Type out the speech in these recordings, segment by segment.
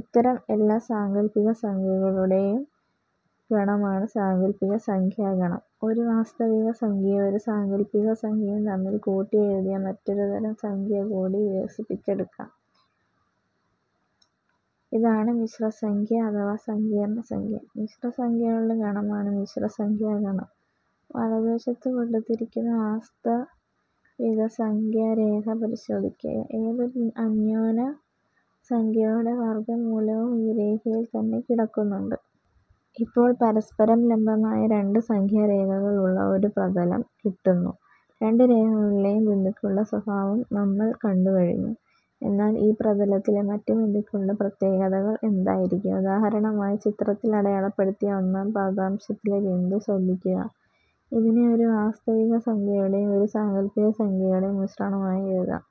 ഇത്തരം എല്ലാ സാങ്കൽപ്പികസംഖ്യകളുടെയും ഗണമാണ് സാങ്കൽപ്പികസംഖ്യാഗണം. ഒരു വാസ്തവികസംഖ്യയും ഒരു സാങ്കല്പികസംഖ്യയും തമ്മിൽ കൂട്ടിയെഴുതിയ മറ്റൊരു തരം സംഖ്യ കൂടി വികസിപ്പിച്ചെടുക്കാം. ഇതാണ് മിശ്രസംഖ്യ അഥവാ സങ്കീർണസംഖ്യ. മിശ്രസംഖ്യകളുടെ ഗണമാണ് മിശ്രസംഖ്യാഗണം. വലതുവശത്തു കൊടുത്തിരിയ്ക്കുന്ന വാസ്തവികസംഖ്യാരേഖ പരിശോധിയ്ക്കുക. ഏതൊരു അന്യൂനസംഖ്യയുടെ വർഗ്ഗമൂലവും ഈ രേഖയിൽ തന്നെ കിടക്കുന്നുണ്ട്. ഇപ്പോൾ പരസ്പരം ലംബമായ രണ്ടു സംഖ്യാരേഖകൾ ഉള്ള ഒരു പ്രതലം കിട്ടുന്നു. രണ്ടു രേഖകളിലെയും ബിന്ദുക്കളുടെ സ്വഭാവം നമ്മൾ കണ്ടു കഴിഞ്ഞു. എന്നാൽ ഈ പ്രതലത്തിലെ മറ്റു ബിന്ദുക്കളുടെ പ്രത്യേകതകൾ എന്തായിരിയ്ക്കും? ഉദാഹരണമായി ചിത്രത്തിൽ അടയാളപ്പെടുത്തിയ ഒന്നാം പാദാംശത്തിലെ ബിന്ദു ശ്രദ്ധിയ്ക്കുക. ഇതിനെ ഒരു വാസ്തവികസംഖ്യയുടെയും ഒരു സാങ്കൽപ്പികസംഖ്യയുടെയും മിശ്രണം ആയി എഴുതാം.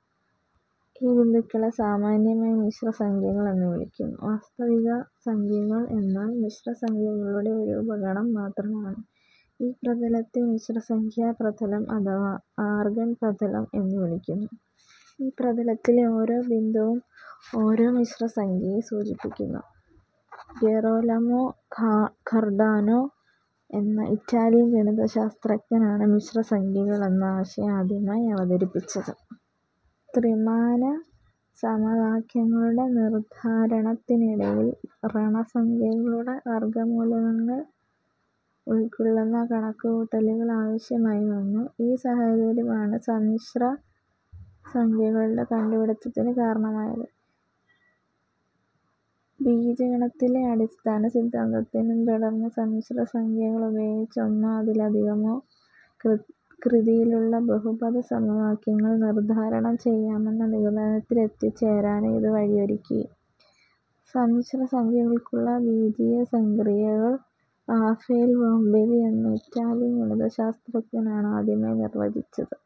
ഈ ബിന്ദുക്കളെ സാമാന്യമായി മിശ്രസംഖ്യകൾ എന്നു വിളിയ്ക്കുന്നു. വാസ്തവികസംഖ്യകൾ എന്നാൽ മിശ്രസംഖ്യകളുടെ ഒരു ഉപഗണം മാത്രമാണ്. ഈ പ്രതലത്തെ മിശ്രസംഖ്യാപ്രതലം അഥവാ ആർഗണ്ട് പ്രതലം എന്നു വിളിയ്ക്കുന്നു. ഈ പ്രതലത്തിലെ ഓരോ ബിന്ദുവും ഓരോ മിശ്രസംഖ്യയെ സൂചിപ്പിയ്ക്കുന്നു. ഗെറൊലമൊ കർഡാനൊ എന്ന ഇറ്റാലിയൻ ഗണിതശാസ്ത്രജ്ഞനാണ് മിശ്ര സംഖ്യകൾ എന്ന ആശയം ആദ്യമായി അവതരിപ്പിച്ചത്. ത്രിമാനസമവാക്യങ്ങളുടെ നിർദ്ധാരണത്തിനിടയിൽ ഋണസംഖ്യകളുടെ വർഗ്ഗമൂലങ്ങൾ ഉൾക്കൊള്ളുന്ന കണക്കുകൂട്ടലുകൾ ആവശ്യമായി വന്നു. ഈ സാഹചര്യമാണ് സമ്മിശ്രസംഖ്യകളുടെ കണ്ടുപിടിത്തത്തിന് കാരണമായത്. ബീജഗണിതത്തിലെ അടിസ്ഥാന സിദ്ധാന്തത്തിനും തുടർന്ന് സമ്മിശ്രസംഖ്യകൾ ഉപയോഗിച്ച് ഒന്നോ അതിലധികമോ കൃതിയിലുള്ള ബഹുപദസമവാക്യങ്ങൾ നിർദ്ധാരണം ചെയ്യാമെന്ന നിഗമനത്തിലെത്തിച്ചേരാനും ഇത് വഴിയൊരുക്കി. സമ്മിശ്രസംഖ്യകൾക്കുള്ള ബീജീയസംക്രിയകൾ റഫേൽ ബോംബെലി എന്ന ഇറ്റാലിയൻ ഗണിതശാസ്ത്രജ്ഞനാണ് ആദ്യമായി നിർവ്വചിച്ചത്.